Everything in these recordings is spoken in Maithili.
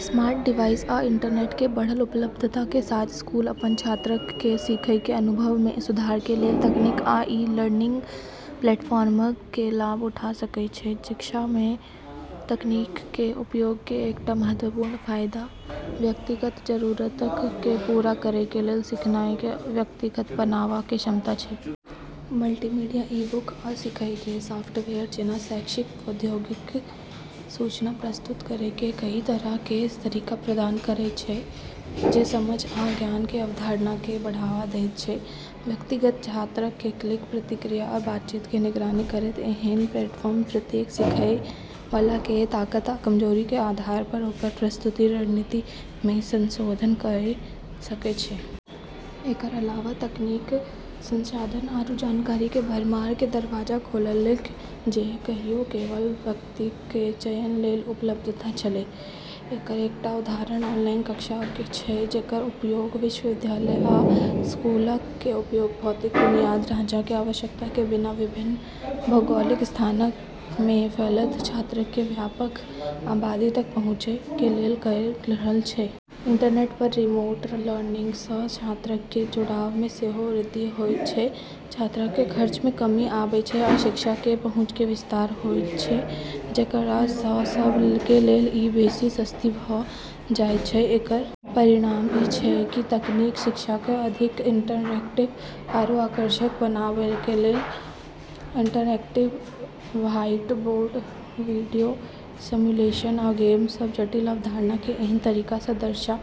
स्मार्ट डिवाइस आ इंटरनेट कें बढ़ल उपलब्धता कें साथ स्कूल अपन छात्रक कें सीखय कें अनुभव मे सुधार कें लेल तकनीक आ ई-लर्निंग प्लेटफॉर्मक कें लाभ उठा सकय छै। शिक्षा मे तकनीक कें उपयोग कें एकटा महत्वपूर्ण फायदा व्यक्तिगत जरूरतक कें पूरा करय कें लेल सीखनाय कें व्यक्तिगत बनावा कें क्षमता छै। मल्टीमीडिया, ई-बुक, आ सीखय कें सॉफ्टवेयर जैना शैक्षिक प्रौद्योगिकी सूचना प्रस्तुत करय कें कई तरह कें तरीका प्रदान करैत छै, जे समझ आ ज्ञान कें अवधारण कें बढ़ावा दैत छै। व्यक्तिगत छात्रक कें क्लिक, प्रतिक्रिया आ बातचीत कें निगरानी करैत, एहन प्लेटफार्म प्रत्येक सीखएय वाला कें ताकत आ कमजोरी कें आधार पर ओकर प्रस्तुति रणनीति मे संशोधन कयर सकय छै। एकर अलावा तकनीक संसाधन आरू जानकारी के भरमार के दरवाजा खोललकै जे कहियो केवल व्यक्ति के चयन लेली उपलब्ध छेलै। एकर एकटा उदाहरण ऑनलाइन कक्षाक छै, जेकर उपयोग विश्वविद्यालय आ स्कूलक कें उपयोग भौतिक बुनियादी ढाँचा कें आवश्यकता कें बिना विभिन्न भौगोलिक स्थानक मे फैलल छात्रक कें व्यापक आबादी तक पहुंचय कें लेल कयर रहल छै। इंटरनेट पर रिमोट लर्निंग सं छात्रक कें जुड़ाव मे सेहो वृद्धि होयत छै, यात्रा कें खर्च मे कमी आबै छै, आ शिक्षा कें पहुंच कें विस्तार होयत छै, जेकरा सं सब कें लेल इ बेसि सस्ती भ जायत छै। एकर परिणाम ई छै कि तकनीक शिक्षा क अधिक इंटरैक्टिव आरू आकर्षक बनैलकै। इंटरएक्टिव व्हाइटबोर्ड, वीडियो, सिमुलेशन, आ गेम, सब जटिल अवधारणा कें एहन तरीका सं दर्शा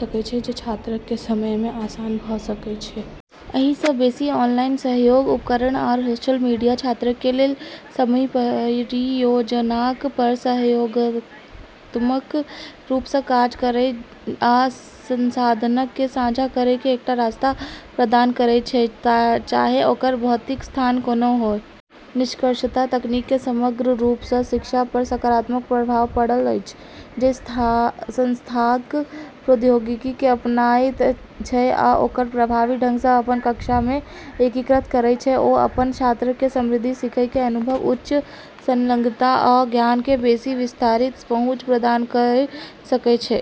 सकय छै जे छात्रक कें समझ मे आसान भ सकय छै। अइ सं बेसि, ऑनलाइन सहयोग उपकरण आ सोशल मीडिया छात्रक कें लेल समूह परियोजनाक पर सहयोगात्मक रूप सं काज करय आ संसाधनक कें साझा करय कें एकटा रास्ता प्रदान करैत छै, चाहे ओकर भौतिक स्थान कोनों हो। निष्कर्षतः तकनीक के समग्र रूप स शिक्षा पर सकारात्मक प्रभाव पड़ल अछि। जे संस्थाक प्रौद्योगिकी कें अपनायत छै आ ओकरा प्रभावी ढंग सं अपन कक्षाक मे एकीकृत करैत छै, ओ अपन छात्रक कें समृद्ध सीखय कें अनुभव, उच्च संलग्नता, आ ज्ञान कें बेसि विस्तारित पहुंच प्रदान कयर सकय छै।